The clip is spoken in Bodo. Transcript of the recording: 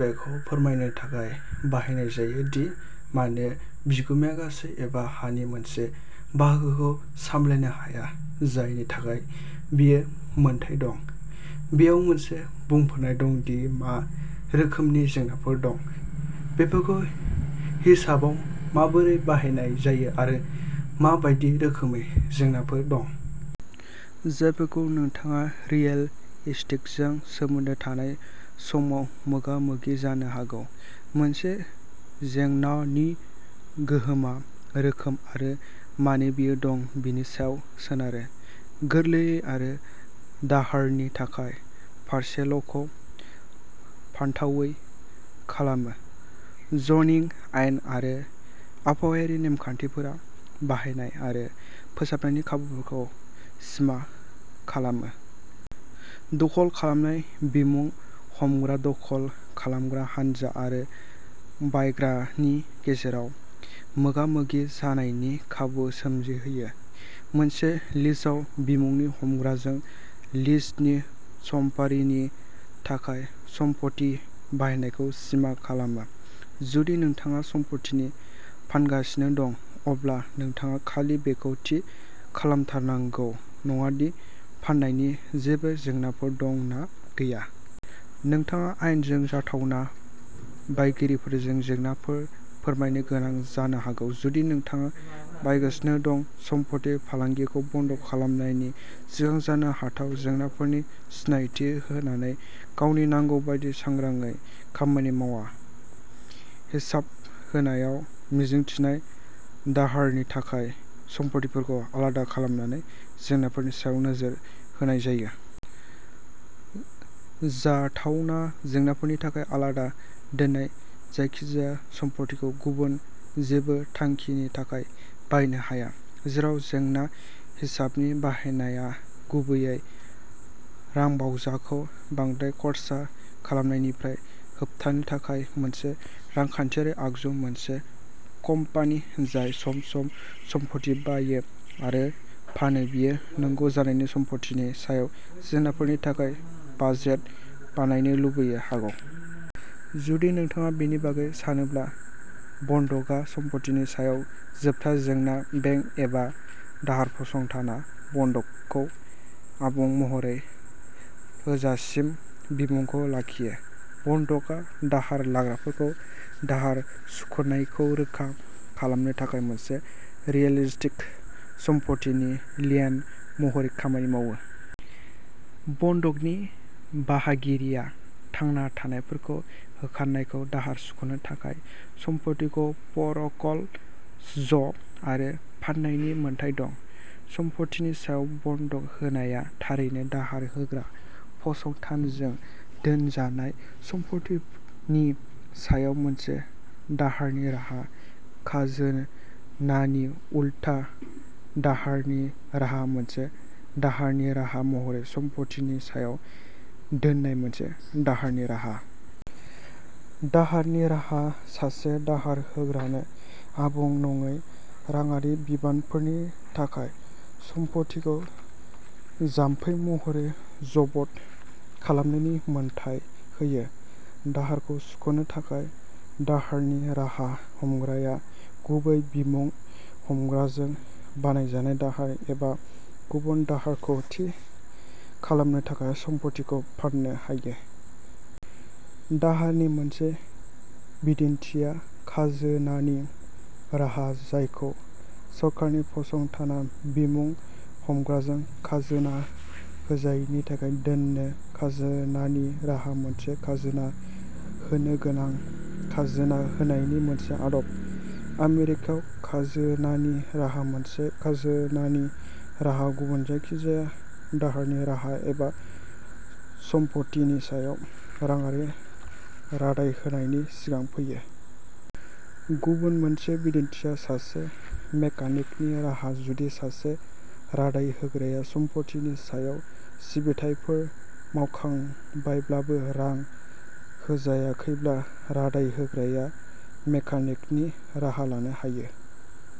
बेखौ फोरमायनो थाखाय बाहायनाय जायो दि मानो बिगुमाया गासै एबा हानि मोनसे बाहागोखौ सामलायनो हाया। जायनि थाखाय बियो मोनथाय दं। बेयाव मोनसे बुंफोरनाय दं दि मा रोखोमनि जेंनाफोर दं। बेफोरखौ हिसाबाव माबोरै बाहायनाय जायो आरो मा बायदि रोखोमनि जेंनाफोर दं। जायफोरखौ नोंथाङा रियेल एस्टेटजों सोमोन्दो थानाय समाव मोगा-मोगि जानो हागौ। मोनसे जेंनानि गोहोमआ रोखोम आरो मानो बेयो दं बेनि सायाव सोनारो। गोरलै आरो दाहारनि थाखाय पारसेलखौ फानथावै खालामो। जनिं आयेन आरो आबहावायारि नेम-खान्थिफोरा बाहायनाय आरो फोसाबनायनि खाबुफोरखौ सिमा खालामो। दखल खालामनाया बिमुं-हमग्रा दखल खालामग्रा हानजा आरो बायग्रानि गेजेराव मोगा-मोगि जानायनि खाबु सोमजिहोयो। मोनसे लिजआ बिमुंनि हमग्राजों लिजनि समफारिनि थाखाय सम्पथिनि बाहायनायखौ सिमा खालामो। जुदि नोंथाङा सम्पथि फानगासिनो दं। अब्ला नोंथाङा खालि बेखौ थि खालामथारनांगौ नङा दि फाननायनि जेबो जेंनाफोर दं ना गैया। नोंथाङा आयेनजों जाथावना बायगिरिफोरनो जेंनाफोर फोरमायनो गोनां जानो हागौ। जुदि नोंथाङा बायगासिनो दं। सम्फथि फालांगिखौ बन्द खालामनायनि सिगां जानो हाथाव जेंनाफोरनि सिनायथि होनानै गावनि नांगौ बायदि सांग्राङै खामानि मावा। हिसाब होनायाव मिजिंथिनाय दाहारनि थाखाय सम्फथिफोरखौ आलादा खालामनानै जेंनाफोरनि सायाव नोजोर होनाय जायो। जाथावना जेंनाफोरनि थाखाय आलादा दोननाय जायखिजाया सम्फथिखौ गुबुन जेबो थांखिनि थाखाय बाहायनो हाया। जेराव जेंना हिसाबनि बाहायनाया गुबैयै रांबावजाखौ बांद्राय खर्सा खालामनायनिफ्राय होबथानो थाखाय मोनसे रांखान्थियारि आगजु मोनसे कम्पानि जाय सम-सम सम्फथि बायो आरो फानो बियो नांगौ जानाय सम्फथिनि सायाव जेंनाफोरनि थाखाय बाजेट बानायनो लुबैनो हागौ। जुदि नोंथाङा बेनि बागै सानोब्ला बन्दकआ सम्पथिनि सायाव जोबथा जेंना। बेंक एबा दाहार फसंथानआ बन्दकखौ आबुं महरै होजासिम बिमुंखौ लाखियो। बन्दकआ दाहार लाग्राखौ दाहार सुख'नायखौ रोखा खालामनो थाखाय मोनसे रियेल एस्टेट सम्पथिनि लियन महरै खामानि मावो। बन्दकनि बाहागिरिया थांना थानायफोरखौ होखारनानै दाहार सुख'नो थाखाय सम्फथिखौ फ'रक्ल'ज आरो फाननायनि मोन्थाइ दं। सम्फथिनि सायाव। बन्दक होनाया थारैनो दाहार होग्रा फसंथानजों दोनजानाय सम्फथिनि सायाव मोनसे दाहारनि राहा। खाजोनानि उल्था दाहारनि राहा मोनसे दाहारनि राहा महरै सम्फथिनि सायाव दोननाय मोनसे दाहारनि राहा। दाहारनि राहा सासे दाहार होग्रानो आबुं नङै राङारि बिबानफोरनि थाखाय सम्फथिखौ जामफै महरै जब्द खालामनायनि मोन्थाइ होयो। दाहारखौ सुख'नो थाखाय दाहारनि राहा हमग्राया गुबै बिमुं हमग्राजों बानायजानाय दाहार एबा गुबुन दाहारखौ थि खालामनो थाखाय सम्फथिखौ फान्नो हायो। दाहारनि मोनसे बिदिन्थिआ खाजोनानि राहा जायखौ सोरखारि फसंथानआ बिमुं हमग्राजों खाजोना होजायैनि थाखाय दोनो। खाजोनानि राहा मोनसे खाजोना होनोगोनां खाजोना होनायनि मोनसे आदब। आमेरिकायाव खाजोनानि राहा मोनसे खाजोनानि राहा गुबुन जायखिजाया दाहारनि राहा एबा सम्फथिनि सायाव राङारि रादाय होनायनि सिगां फैयो। गुबुन मोनसे बिदिन्थिआ सासे मेकानिकनि राहा। जुदि सासे रादाय होग्राया सम्फथिनि सायाव सिबिथायफोर मावखांबायब्लाबो रां होजायाखैब्ला रादाय होग्राया मेकानिकनि राहा लानो हायो।